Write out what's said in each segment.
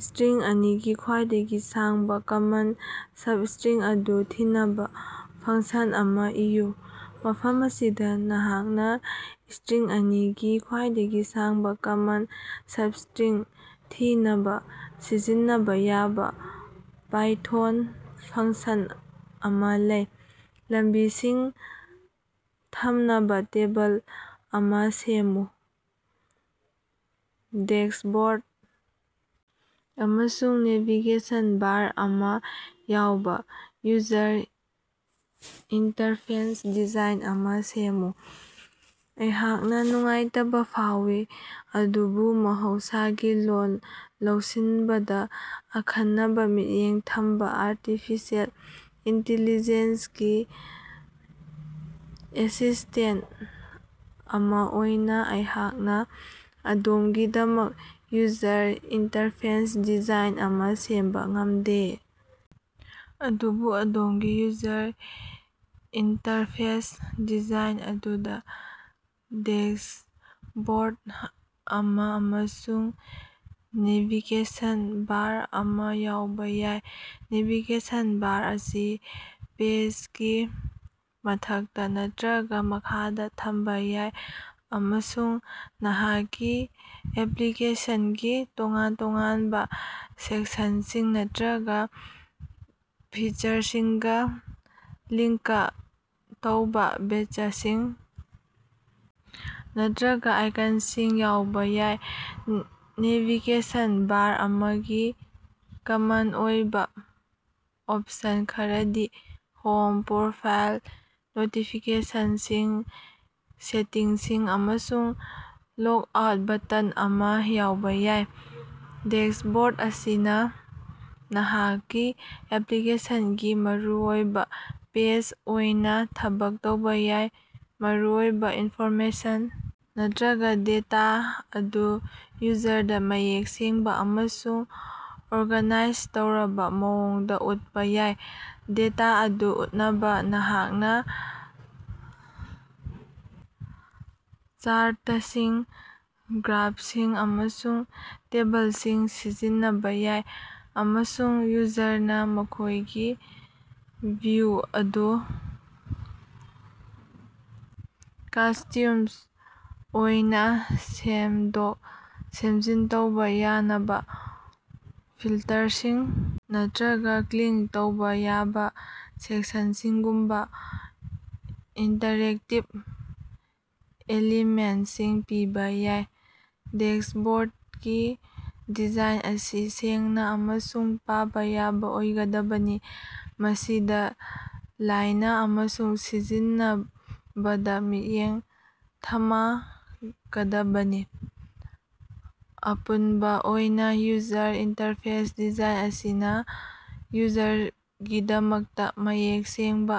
String ꯑꯅꯤꯒꯤ ꯈ꯭ꯋꯥꯏꯗꯒꯤ ꯁꯥꯡꯕꯥ ꯀꯃꯟ substring ꯑꯗꯨ ꯊꯤꯅꯕꯥ ꯐꯪꯁꯟ ꯑꯃꯥ ꯏꯌꯨ꯫ ꯃꯐꯝ ꯑꯁꯤꯗꯥ ꯅꯍꯥꯛꯅꯥ ꯏꯁꯇ꯭ꯔꯤꯡ ꯑꯅꯤꯒꯤ ꯈ꯭ꯋꯥꯏꯗꯒꯤ ꯁꯥꯡꯕꯥ ꯀꯃꯟ ꯁꯕꯏꯁꯇ꯭ꯔꯤꯡ ꯊꯤꯅꯕꯥ ꯁꯤꯖꯤꯟꯅꯕꯥ ꯌꯥꯕꯥ ꯄꯥꯏꯊꯣꯟ ꯐꯪꯁꯟ ꯑꯃꯥ ꯂꯩ꯫ ꯂꯝꯕꯤꯁꯤꯡ ꯊꯝꯅꯕꯥ ꯇꯦꯕꯜ ꯑꯃꯥ ꯁꯦꯝꯃꯨ꯫ ꯗꯦꯁꯕꯣꯔꯗ ꯑꯃꯁꯨꯡ ꯅꯦꯚꯤꯒꯦꯁꯟ ꯕꯥꯔ ꯑꯃꯥ ꯌꯥꯎꯕꯥ ꯌꯨꯖꯔ ꯏꯟꯇꯔꯐꯦꯁ ꯗꯤꯖꯥꯏꯟ ꯑꯃꯥ ꯁꯦꯝꯃꯨ꯫ ꯑꯩꯍꯥꯛꯅꯥ ꯅꯨꯡꯉꯥꯏꯇꯕꯥ ꯐꯥꯎꯏ, ꯑꯗꯨꯕꯨ ꯃꯍꯧꯁꯥꯒꯤ ꯂꯣꯜ ꯂꯧꯁꯤꯟꯕꯗꯥ ꯑꯈꯟꯅꯕꯥ ꯃꯤꯠꯌꯦꯡ ꯊꯝꯕꯥ ꯑꯔꯇꯤꯐꯤꯁꯦꯜ ꯏꯟꯇꯤꯂꯤꯖꯦꯟꯁꯒꯤ ꯑꯦꯁꯤꯁꯇꯦꯟꯇ ꯑꯃꯥ ꯑꯣꯏꯅꯥ ꯑꯩꯍꯥꯛꯅꯥ ꯑꯗꯣꯝꯒꯤꯗꯃꯛ ꯌꯨꯖꯔ ꯏꯟꯇꯔꯐꯦꯁ ꯗꯤꯖꯥꯏꯟ ꯑꯃꯥ ꯁꯦꯝꯕꯥ ꯉꯝꯗꯦ, ꯑꯗꯨꯕꯨ ꯑꯗꯣꯝꯒꯤ ꯌꯨꯖꯔ ꯏꯟꯇꯔꯐꯦꯁ ꯗꯤꯖꯥꯏꯟ ꯑꯗꯨꯗꯥ ꯗꯦꯁꯕꯣꯔꯗ ꯑꯃꯥ ꯑꯃꯁꯨꯡ ꯅꯦꯚꯤꯒꯦꯁꯟ ꯕꯥꯔ ꯑꯃꯥ ꯌꯥꯎꯕꯥ ꯌꯥꯏ꯫ ꯅꯦꯚꯤꯒꯦꯁꯟ ꯕꯥꯔ ꯑꯁꯤ ꯄꯦꯖꯒꯤ ꯃꯊꯛꯇꯥ ꯅꯠꯇ꯭ꯔꯒꯥ ꯃꯈꯥꯗ ꯊꯝꯕꯥ ꯌꯥꯏ ꯑꯃꯁꯨꯡ ꯅꯍꯥꯛꯀꯤ ꯑꯦꯄ꯭ꯂꯤꯀꯦꯁꯟꯒꯤ ꯇꯣꯉꯥꯟ-ꯇꯣꯉꯥꯟꯕꯥ ꯁꯦꯛꯁꯟꯁꯤꯡ ꯅꯠꯇ꯭ꯔꯒꯥ ꯐꯤꯆꯔꯁꯤꯡꯒꯥ ꯂꯤꯡꯀ ꯇꯧꯕꯥ ꯕꯦꯠꯆꯁꯤꯡ ꯅꯠꯇ꯭ꯔꯒꯥ ꯑꯥꯏꯀꯟꯁꯤꯡ ꯌꯥꯎꯕꯥ ꯌꯥꯏ꯫ ꯅꯦꯚꯤꯒꯦꯁꯟ ꯕꯥꯔ ꯑꯃꯒꯤ ꯀꯃꯟ ꯑꯣꯏꯕꯥ ꯑꯣꯞꯁꯟ ꯈꯔꯗꯤ ꯍꯣꯝ, ꯄ꯭ꯔꯣꯐꯥꯏꯜ, ꯅꯣꯇꯤꯐꯤꯀꯦꯁꯟꯁꯤꯡ, ꯁꯦꯇꯤꯡꯁꯤꯡ, ꯑꯃꯁꯨꯡ ꯂꯣꯒꯑꯥꯎꯠ ꯕꯇꯟ ꯑꯃꯥ ꯌꯥꯎꯕꯥ ꯌꯥꯏ꯫ ꯗꯦꯁꯕꯣꯔꯗ ꯑꯁꯤꯅꯥ ꯅꯍꯥꯛꯀꯤ ꯑꯦꯄ꯭ꯂꯤꯀꯦꯁꯟꯒꯤ ꯃꯔꯨꯑꯣꯏꯕꯥ ꯄꯦꯖ ꯑꯣꯏꯅꯥ ꯊꯕꯛ ꯇꯧꯕꯥ ꯌꯥꯏ, ꯃꯔꯨꯑꯣꯏꯕꯥ ꯏꯟꯐꯣꯔꯃꯦꯁꯟ ꯅꯠꯇ꯭ꯔꯒꯥ ꯗꯦꯇꯥ ꯑꯗꯨ ꯌꯨꯖꯔꯗꯥ ꯃꯌꯦꯛ ꯁꯦꯡꯕꯥ ꯑꯃꯁꯨꯡ ꯑꯣꯔꯒꯥꯅꯥꯏꯖ ꯇꯧꯔꯕꯥ ꯃꯑꯣꯡꯗꯥ ꯎꯠꯄꯥ ꯌꯥꯏ꯫ ꯗꯦꯇꯥ ꯑꯗꯨ ꯎꯠꯅꯕꯥ ꯅꯍꯥꯛꯅꯥ ꯆꯥꯔꯇꯁꯤꯡ, ꯒ꯭ꯔꯥꯐꯁꯤꯡ, ꯑꯃꯁꯨꯡ ꯇꯦꯕꯜꯁꯤꯡ ꯁꯤꯖꯤꯟꯅꯕꯥ ꯌꯥꯏ, ꯑꯃꯁꯨꯡ ꯌꯨꯖꯔꯅꯥ ꯃꯈꯣꯏꯒꯤ ꯚꯤꯎ ꯑꯗꯨ ꯀꯁꯇ꯭ꯌꯨꯝꯁ ꯑꯣꯏꯅꯥ ꯁꯦꯝꯗꯣꯛ-ꯁꯦꯝꯖꯤꯟ ꯇꯧꯕꯥ ꯌꯥꯅꯕꯥ ꯐꯤꯜꯇꯔꯁꯤꯡ ꯅꯠꯇ꯭ꯔꯒꯥ ꯀ꯭ꯂꯤꯟ ꯇꯧꯕꯥ ꯌꯥꯕꯥ ꯁꯦꯛꯁꯟꯁꯤꯡꯒꯨꯝꯕꯥ ꯏꯟꯇꯔꯦꯛꯇꯤꯕ ꯑꯦꯂꯤꯃꯦꯟꯇꯁꯤꯡ ꯄꯤꯕꯥ ꯌꯥꯏ꯫ ꯗꯦꯁꯕꯣꯔꯗꯀꯤ ꯗꯤꯖꯥꯏꯟ ꯑꯁꯤ ꯁꯦꯡꯅꯥ ꯑꯃꯁꯨꯡ ꯄꯥꯕꯥ ꯌꯥꯕꯥ ꯑꯣꯏꯒꯗꯕꯅꯤ, ꯃꯁꯤꯗꯥ ꯂꯥꯏꯅꯥ ꯑꯃꯁꯨꯡ ꯁꯤꯖꯤꯟꯅꯕꯗꯥ ꯃꯤꯠꯌꯦꯡ ꯊꯃꯒꯗꯕꯅꯤ꯫ ꯑꯄꯨꯟꯕꯥ ꯑꯣꯏꯅꯥ, ꯌꯨꯖꯔ ꯏꯟꯇꯔꯐꯦꯁ ꯗꯤꯖꯥꯏꯟ ꯑꯁꯤꯅꯥ ꯌꯨꯖꯔꯒꯤꯗꯃꯛꯇꯥ ꯃꯌꯦꯛ ꯁꯦꯡꯕꯥ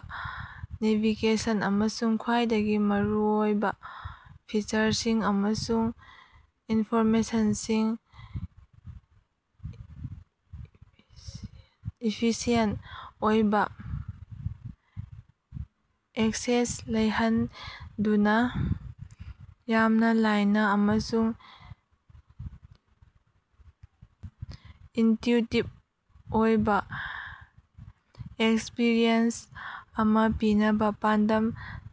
ꯅꯦꯚꯤꯒꯦꯁꯟ ꯑꯃꯁꯨꯡ ꯈ꯭ꯋꯥꯏꯗꯒꯤ ꯃꯔꯨꯑꯣꯏꯕꯥ ꯐꯤꯆꯔꯁꯤꯡ ꯑꯃꯁꯨꯡ ꯏꯟꯐꯣꯔꯃꯦꯁꯟꯁꯤꯡ ꯏꯐꯤꯁꯤꯑꯦꯟꯇ ꯑꯣꯏꯕꯥ ꯑꯦꯛꯁꯦꯁ ꯂꯩꯍꯟꯗꯨꯅꯥ, ꯌꯥꯝꯅꯥ ꯂꯥꯏꯅꯥ ꯑꯃꯁꯨꯡ ꯏꯟꯇꯨꯏꯇꯤꯚ ꯑꯣꯏꯕꯥ ꯑꯦꯛꯁꯄꯤꯔꯤꯑꯦꯟꯁ ꯑꯃꯥ ꯄꯤꯅꯕꯥ ꯄꯥꯟꯗꯝ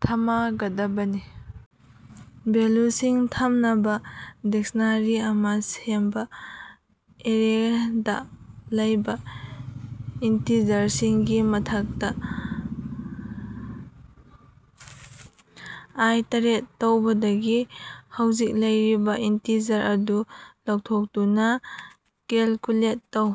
ꯊꯃꯒꯗꯕꯅꯤ꯫। ꯚꯦꯜꯂꯨꯁꯤꯡ ꯊꯝꯅꯕꯥ ꯗꯤꯛꯁꯅꯥꯔꯤ ꯑꯃꯥ ꯁꯦꯝꯕꯥ ꯑꯦꯔꯦꯗꯥ ꯂꯩꯕꯥ ꯏꯟꯇꯤꯖꯔꯁꯤꯡꯒꯤ ꯃꯊꯛꯇꯥ ꯑꯥꯏꯇꯔꯦꯠ ꯇꯧꯕꯥꯗꯒꯤ ꯍꯧꯖꯤꯛ ꯂꯩꯔꯤꯕꯥ ꯏꯟꯇꯤꯖꯔ ꯑꯗꯨ ꯂꯧꯊꯣꯛꯇꯨꯅꯥ ꯀꯦꯜꯀꯨꯂꯦꯠ ꯇꯧ꯫